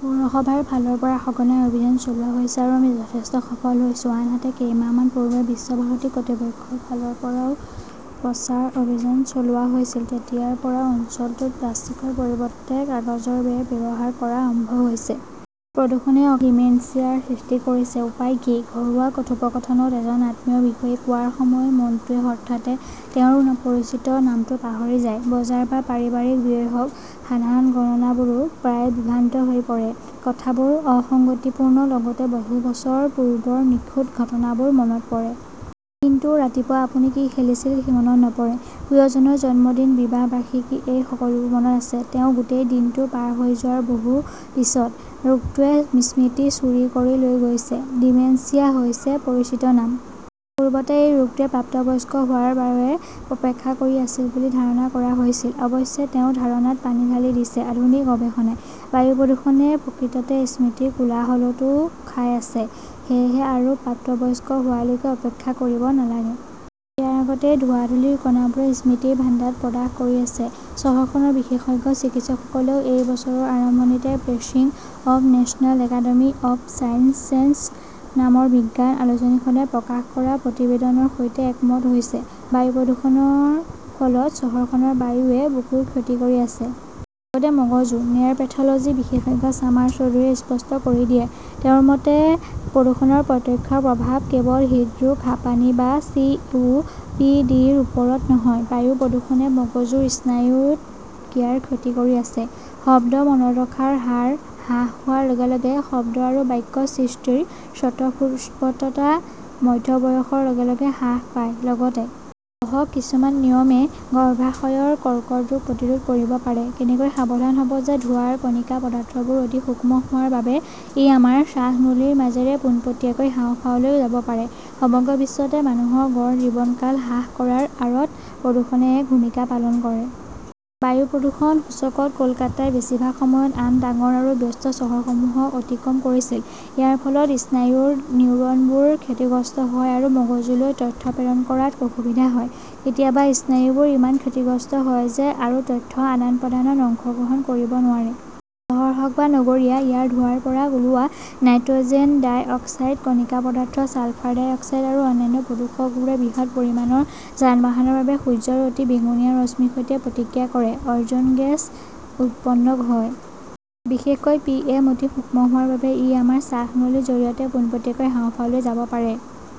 পৌৰসভাৰ ফালৰ পৰা সঘনাই অভিযান চলোৱা হৈছে আৰু আমি যথেষ্ট সফল হৈছো। আনহাতে, কেইমাহমান পূৰ্বে বিশ্বভাৰতী কৰ্তৃপক্ষৰ ফালৰ পৰাও প্ৰচাৰ অভিযান চলোৱা হৈছিল। তেতিয়াৰ পৰা অঞ্চলটোত প্লাষ্টিকৰ পৰিৱৰ্তে কাগজৰ বেগ ব্যৱহাৰ কৰা আৰম্ভ হৈছে। প্ৰদূষণে অকাল ডিমেনচিয়াৰ সৃষ্টি কৰিছে, উপায় কি? ঘৰুৱা কথোপকথনত এজন আত্মীয়ৰ বিষয়ে কোৱাৰ সময়ত মনটোৱে হঠাতে তেওঁৰ পৰিচিত নামটো পাহৰি যায়। বজাৰ বা পাৰিবাৰিক ব্যয় হওক, সাধাৰণ গণনাবোৰো প্ৰায়ে বিভ্ৰান্ত হৈ পৰে। কথাবোৰ অসঙ্গতিপূৰ্ণ, লগতে বহু বছৰ পূৰ্বৰ নিখুঁত ঘটনাবোৰ মনত পৰে। কিন্তু ৰাতিপুৱা আপুনি কি খেলিছিল মনত নপৰে। প্ৰিয়জনৰ জন্মদিন, বিবাহ বাৰ্ষিকী এই সকলোবোৰ মনত আছে তেওঁ গোটেই দিনটো পাৰ হৈ যোৱাৰ বহু পিছত। ৰোগটোৱে স্মৃতি চুৰি কৰি লৈ গৈছে। ডিমেনচিয়া হৈছে পৰিচিত নাম। পূৰ্বতে এই ৰোগটোৱে প্ৰাপ্তবয়স্ক হোৱাৰ বাবে অপেক্ষা কৰি আছিল বুলি ধাৰণা কৰা হৈছিল। অৱশ্যে, তেওঁ ধাৰণাত পানী ঢালি দিছে আধুনিক গৱেষণাই। বায়ু প্ৰদূষণে প্ৰকৃততে স্মৃতিৰ কোলাহলটোও খাই আছে। সেয়েহে আৰু প্ৰাপ্তবয়স্ক হোৱালৈকে অপেক্ষা কৰিব নালাগে। ইয়াৰ আগতেই ধোঁৱা-ধূলিৰ কণাবোৰে স্মৃতিৰ ভাণ্ডাৰত প্ৰদাহ কৰি আছে। চহৰখনৰ বিশেষজ্ঞ চিকিৎসকসকলেও এই বছৰৰ আৰম্ভণিতে Proceedings of National Academy of Sciences নামৰ বিজ্ঞান আলোচনীখনে প্ৰকাশ কৰা প্ৰতিবেদনৰ সৈতে একমত হৈছে। বায়ু প্ৰদূষণৰ ফলত চহৰখনৰ বায়ুৱে বুকুৰ ক্ষতি কৰি আছে। লগতে মগজুও। নেৰপেথলজী বিশেষজ্ঞ ছামাৰ চৌধুৰীয়ে স্পষ্ট কৰি দিয়ে। তেওঁৰ মতে, প্ৰদূষণৰ প্ৰত্যক্ষ প্ৰভাৱ কেৱল হৃদৰোগ, হাঁপানি বা চি. ও. পি. ডি. ৰ ওপৰত নহয়, বায়ু প্ৰদূষণে মগজুৰ স্নায়ুত ইয়াৰ ক্ষতি কৰি আছে। শব্দ মনত ৰখাৰ হাৰ হ্ৰাস হোৱাৰ লগে লগে, শব্দ আৰু বাক্য সৃষ্টিৰ স্বতঃস্ফূৰ্ততা মধ্য বয়সৰ লগে লগে হ্ৰাস পায়। লগতে পঢ়ক কিছুমান নিয়মে গৰ্ভাশয়ৰ কৰ্কট ৰোগ প্ৰতিৰোধ কৰিব পাৰে, কেনেকৈ সাৱধান হ'ব যে ধোঁৱাৰ কণিকা পদাৰ্থবোৰ অতি সূক্ষ্ম হোৱাৰ বাবে ই আমাৰ শ্বাসনলীৰ মাজেৰে পোনপটীয়াকৈ হাঁওফাওলৈ যাব পাৰে। সমগ্ৰ বিশ্বতে মানুহৰ গড় জীৱনকাল হ্ৰাস কৰাৰ আঁৰত প্ৰদূষণে এক ভূমিকা পালন কৰে। বায়ু প্ৰদূষণ সূচকত কলকাতাই বেছিভাগ সময়ত আন ডাঙৰ আৰু ব্যস্ত চহৰসমূহক অতিক্ৰম কৰিছিল। ইয়াৰ ফলত স্নায়ুৰ নিউৰনবোৰ ক্ষতিগ্ৰস্ত হয় আৰু মগজুলৈ তথ্য প্ৰেৰণ কৰাত অসুবিধা হয়। কেতিয়াবা স্নায়ুবোৰ ইমান ক্ষতিগ্ৰস্ত হয় যে আৰু তথ্য আদান-প্ৰদানত অংশগ্ৰহণ কৰিব নোৱাৰে। চহৰ হওঁক বা নগৰীয়া, ইয়াৰ ধোঁৱাৰ পৰা ওলোৱা নাইট্ৰ'জেন ডাই অক্সাইড, কণিকা পদাৰ্থ, ছালফাৰ ডাই অক্সাইড আৰু অন্যান্য প্ৰদূষকবোৰে বৃহৎ পৰিমাণৰ যান-বাহনৰ বাবে সূৰ্যৰ অতি বেঙুনীয়া ৰশ্মিৰ সৈতে প্ৰতিক্ৰিয়া কৰে। অজন গেছ উৎপন্ন হয়। বিশেষকৈ পিএম অতি সূক্ষ্ম হোৱাৰ বাবে ই আমাৰ শ্বাসনলীৰ জৰিয়তে পোনপটীয়াকৈ হাঁওফাওলৈ যাব পাৰে।